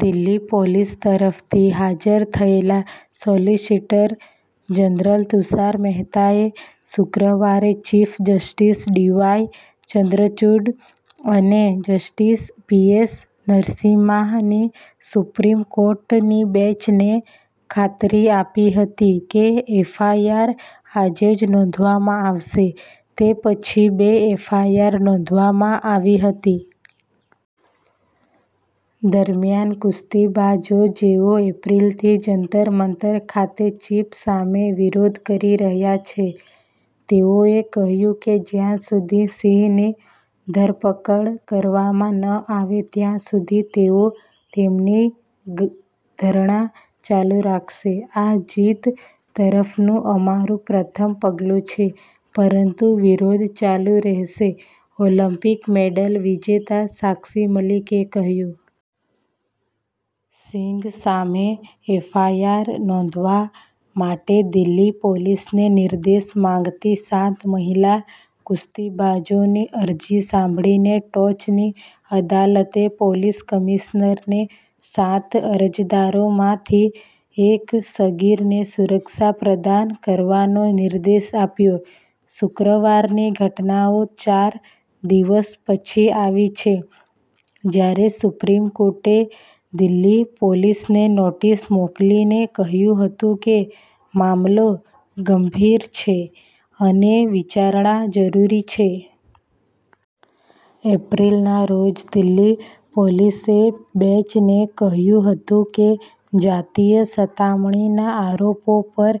Delhi police તરફથી હાજર થયેલા સોલિસિટર જનરલ તુષાર મહેતાએ શુક્રવારે ચીફ જસ્ટિસ ડીવાય ચંદ્રચુડ અને જસ્ટિસ પીએસ નરસિમ્હાની સુપ્રીમ કોર્ટની બેંચને ખાતરી આપી હતી કે એફઆઈઆર "આજે જ નોંધવામાં આવશે" તે પછી બે એફઆઈઆર નોંધવામાં આવી હતી. દરમિયાન કુસ્તીબાજો જેઓ એપ્રિલથી જંતર-મંતર ખાતે ચીફ સામે વિરોધ કરી રહ્યાં છે, તેઓએ કહ્યું કે જ્યાં સુધી સિંહની ધરપકડ કરવામાં ન આવે ત્યાં સુધી તેઓ તેમની ધરણા ચાલુ રાખશે. "આ જીત તરફનું અમારું પ્રથમ પગલું છે, પરંતુ વિરોધ ચાલુ રહેશે," ઓલિમ્પિક મેડલ વિજેતા સાક્ષી મલિકે કહ્યું. સિંઘ સામે એફઆઈઆર નોંધવા માટે દિલ્હી પોલીસને નિર્દેશ માંગતી સાત મહિલા કુસ્તીબાજોની અરજી સાંભળીને, ટોચની અદાલતે પોલીસ કમિશનરને સાત અરજદારોમાંથી એક સગીરને સુરક્ષા પ્રદાન કરવાનો નિર્દેશ આપ્યો. શુક્રવારની ઘટનાઓ ચાર દિવસ પછી આવી છે જ્યારે સુપ્રીમ કોર્ટે દિલ્હી પોલીસને નોટિસ મોકલીને કહ્યું હતું કે મામલો "ગંભીર" છે અને વિચારણા જરૂરી છે. એપ્રિલના રોજ દિલ્હી પોલીસે બેંચને કહ્યું હતું કે જાતીય સતામણીના આરોપો પર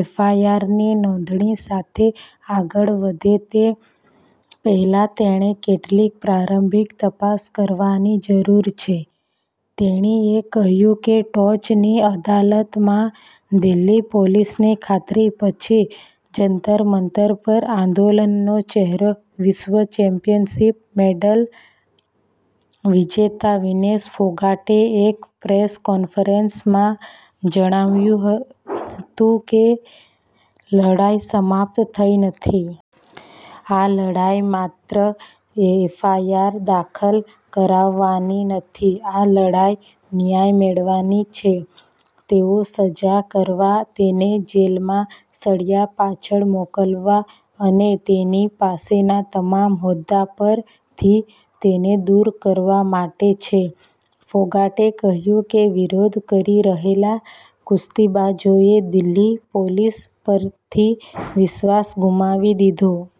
એફઆઈઆરની નોંધણી સાથે આગળ વધે તે પહેલાં તેણે કેટલીક પ્રારંભિક તપાસ કરવાની જરૂર છે. તેણીએ કહ્યું કે ટોચની અદાલતમાં દિલ્હી પોલીસની ખાતરી પછી જંતર-મંતર પર આંદોલનનો ચહેરો વિશ્વ ચેમ્પિયનશિપ મેડલ વિજેતા વિનેશ ફોગાટે એક પ્રેસ કોન્ફરન્સમાં જણાવ્યું હતું કે લડાઈ સમાપ્ત થઈ નથી. "આ લડાઈ માત્ર એફઆઈઆર દાખલ કરાવવાની નથી. આ લડાઈ ન્યાય મેળવવાની છે, તેને સજા કરવા તેને જેલના સળિયા પાછળ મોકલવા અને તેની પાસેના તમામ હોદ્દા પરથી તેને દૂર કરવા માટે છે," ફોગાટે કહ્યું કે વિરોધ કરી રહેલા કુસ્તીબાજોએ દિલ્હી પોલીસ પરથી વિશ્વાસ ગુમાવી દીધો છે.